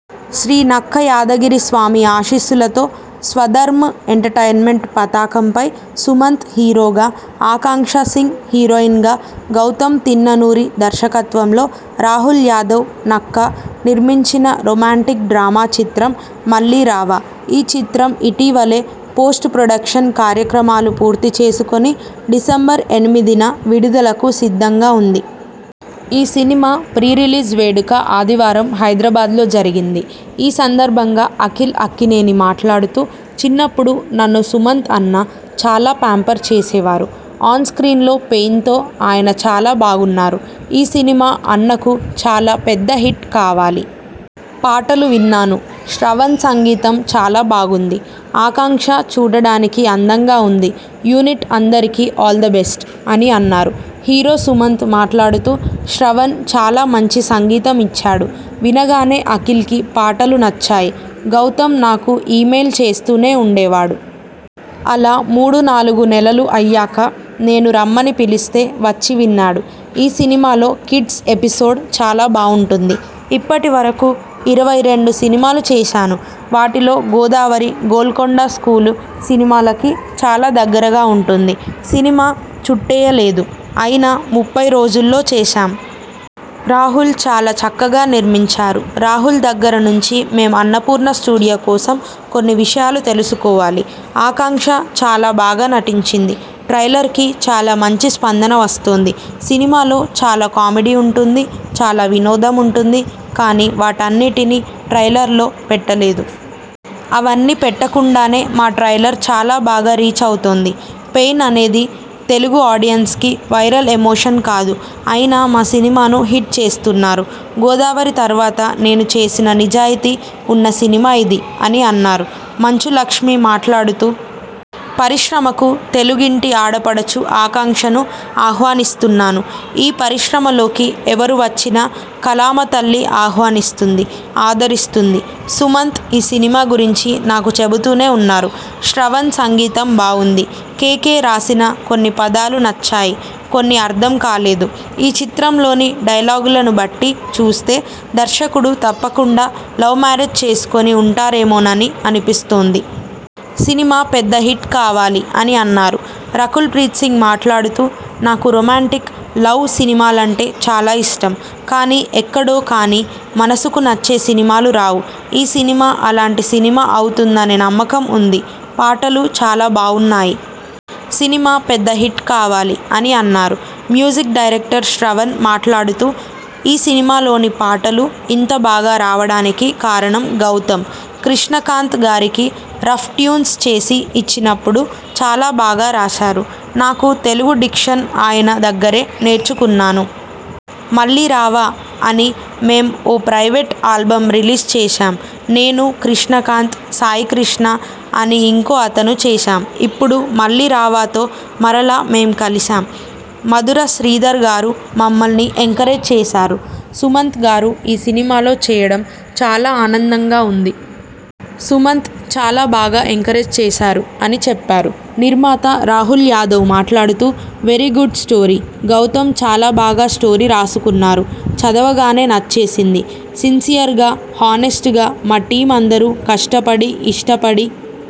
శ్రీ నక్క యాదగిరి స్వామి ఆశీస్సులతో స్వధర్మ్ ఎంటర్టైన్మెంట్ పతాకంపై సుమంత్ హీరోగా, ఆకాంక్ష సింగ్ హీరోయిన్గా, గౌతమ్ తిన్ననూరి దర్శకత్వంలో రాహుల్ యాదవ్ నక్క నిర్మించిన రొమాంటిక్ డ్రామా చిత్రం 'మళ్లీ రావా'. ఈ చిత్రం ఇటీవలే పోస్ట్ ప్రొడక్షన్ కార్యక్రమాలు పూర్తి చేసుకుని డిసెంబర్ ఎనిమిదిన విడుదలకు సిద్ధంగా ఉంది. ఈ సినిమా ప్రీ రిలీజ్ వేడుక ఆదివారం హైదరాబాద్‌లో జరిగింది. ఈ సందర్భంగా అఖిల్ అక్కినేని మాట్లాడుతూ.. ''చిన్నప్పుడు నన్ను సుమంత్ అన్న చాలా పాంపర్ చేసేవారు. ఆన్ స్క్రీన్‌లో పెయిన్తో ఆయన చాలా బాగున్నారు. ఈ సినిమా అన్నకు చాలా పెద్ద హిట్ కావాలి. పాటలు విన్నాను. శ్రవణ్ సంగీతం చాలా బాగుంది. ఆకాంక్ష చూడడానికి అందంగా ఉంది. యూనిట్ అందరికీ ఆల్ ద బెస్ట్.. '' అని అన్నారు. హీరో సుమంత్ మాట్లాడుతూ ''శ్రవణ్ చాలా మంచి సంగీతం ఇచ్చాడు. వినగానే అఖిల్‌కి పాటలు నచ్చాయి. గౌతమ్ నాకు ఈమెయిల్ చేస్తూనే ఉండేవాడు. అలా మూడు నాలుగు నెలలు అయ్యాక నేను రమ్మని పిలిస్తే వచ్చి విన్నాడు. ఈ సినిమాలో కిడ్స్ ఎపిసోడ్ చాలా బావుంటుంది. ఇప్పటి వరకు ఇరవై రెండు సినిమాలు చేశాను. వాటిలో గోదావరి, గోల్కొండ స్కూలు సినిమాలకి చాలా దగ్గరగా ఉంటుంది. సినిమా చుట్టేయలేదు. అయినా ముప్పై రోజుల్లో చేశాం. రాహుల్ చాలా చక్కగా నిర్మించారు. రాహుల్ దగ్గర నుంచి మేం అన్నపూర్ణ స్టూడియో కోసం కొన్ని విషయాలు తెలుసుకోవాలి. ఆకాంక్ష చాలా బాగా నటించింది. ట్రైలర్‌కి చాలా మంచి స్పందన వస్తోంది. సినిమాలో చాలా కామెడీ ఉంటుంది, చాలా వినోదం ఉంటుంది. కానీ వాటన్నిటినీ ట్రైలర్‌లో పెట్టలేదు. అవన్నీ పెట్టకుండానే మా ట్రైలర్ చాలా బాగా రీచ్ అవుతోంది. పెయిన్ అనేది తెలుగు ఆడియన్స్‌కి వైరల్ ఎమోషన్ కాదు. అయినా మా సినిమాను హిట్ చేస్తున్నారు. గోదావరి తర్వాత నేను చేసిన నిజాయితీ ఉన్న సినిమా ఇది'' అని అన్నారు. మంచు లక్ష్మి మాట్లాడుతూ.. ''పరిశ్రమకు తెలుగింటి ఆడపడుచు ఆకాంక్షను ఆహ్వానిస్తున్నాను. ఈ పరిశ్రమలోకి ఎవరు వచ్చినా కళామతల్లి ఆహ్వానిస్తుంది. ఆదరిస్తుంది. సుమంత్ ఈ సినిమా గురించి నాకు చెబుతూనే ఉన్నారు. శ్రవణ్ సంగీతం బావుంది. కె. కె. రాసిన కొన్ని పదాలు నచ్చాయి. కొన్ని అర్థం కాలేదు. ఈ చిత్రంలోని డైలాగులను బట్టి చూస్తే దర్శకుడు తప్పకుండా లవ్ మ్యారేజ్ చేసుకుని ఉంటారేమోనని అనిపిస్తోంది. సినిమా పెద్ద హిట్ కావాలి'' అని అన్నారు. రకుల్ ప్రీత్ సింగ్ మాట్లాడుతూ.. ''నాకు రొమాంటిక్, లవ్ సినిమాలంటే చాలా ఇష్టం. కానీ ఎక్కడో కానీ మనసుకు నచ్చే సినిమాలు రావు. ఈ సినిమా అలాంటి సినిమా అవుతుందనే నమ్మకం ఉంది. పాటలు చాలా బావున్నాయి. సినిమా పెద్ద హిట్ కావాలి.. '' అని అన్నారు. మ్యూజిక్ డైరెక్టర్ శ్రవణ్ మాట్లాడుతూ.. ''ఈ సినిమాలోని పాటలు ఇంత బాగా రావడానికి కారణం గౌతమ్. కృష్ణకాంత్ గారికి రఫ్ ట్యూన్స్ చేసి ఇచ్చినప్పుడు చాలా బాగా రాశారు. నాకు తెలుగు డిక్షన్ ఆయన దగ్గరే నేర్చుకున్నాను. 'మళ్లీ రావా' అని మేం ఓ ప్రైవేట్ ఆల్బమ్ రిలీజ్ చేశాం. నేను, కృష్ణకాంత్, సాయికృష్ణ, అని ఇంకో అతను చేశాం. ఇప్పుడు 'మళ్లీ రావా'తో మరలా మేం కలిశాం. మధుర శ్రీధర్ గారు మమ్మల్ని ఎంకరేజ్ చేశారు. సుమంత్ గారు ఈ సినిమాలో చేయడం చాలా ఆనందంగా ఉంది. సుమంత్ చాలా బాగా ఎంకరేజ్ చేశారు'' అని చెప్పారు. నిర్మాత రాహుల్ యాదవ్ మాట్లాడుతూ.. ''వెరీ గుడ్ స్టోరీ. గౌతమ్ చాలా బాగా స్టోరీ రాసుకున్నారు. చదవగానే నచ్చేసింది. సిన్సియర్‌గా, హానెస్ట్‌గా, మా టీమ్ అందరూ కష్టపడి ఇష్టపడి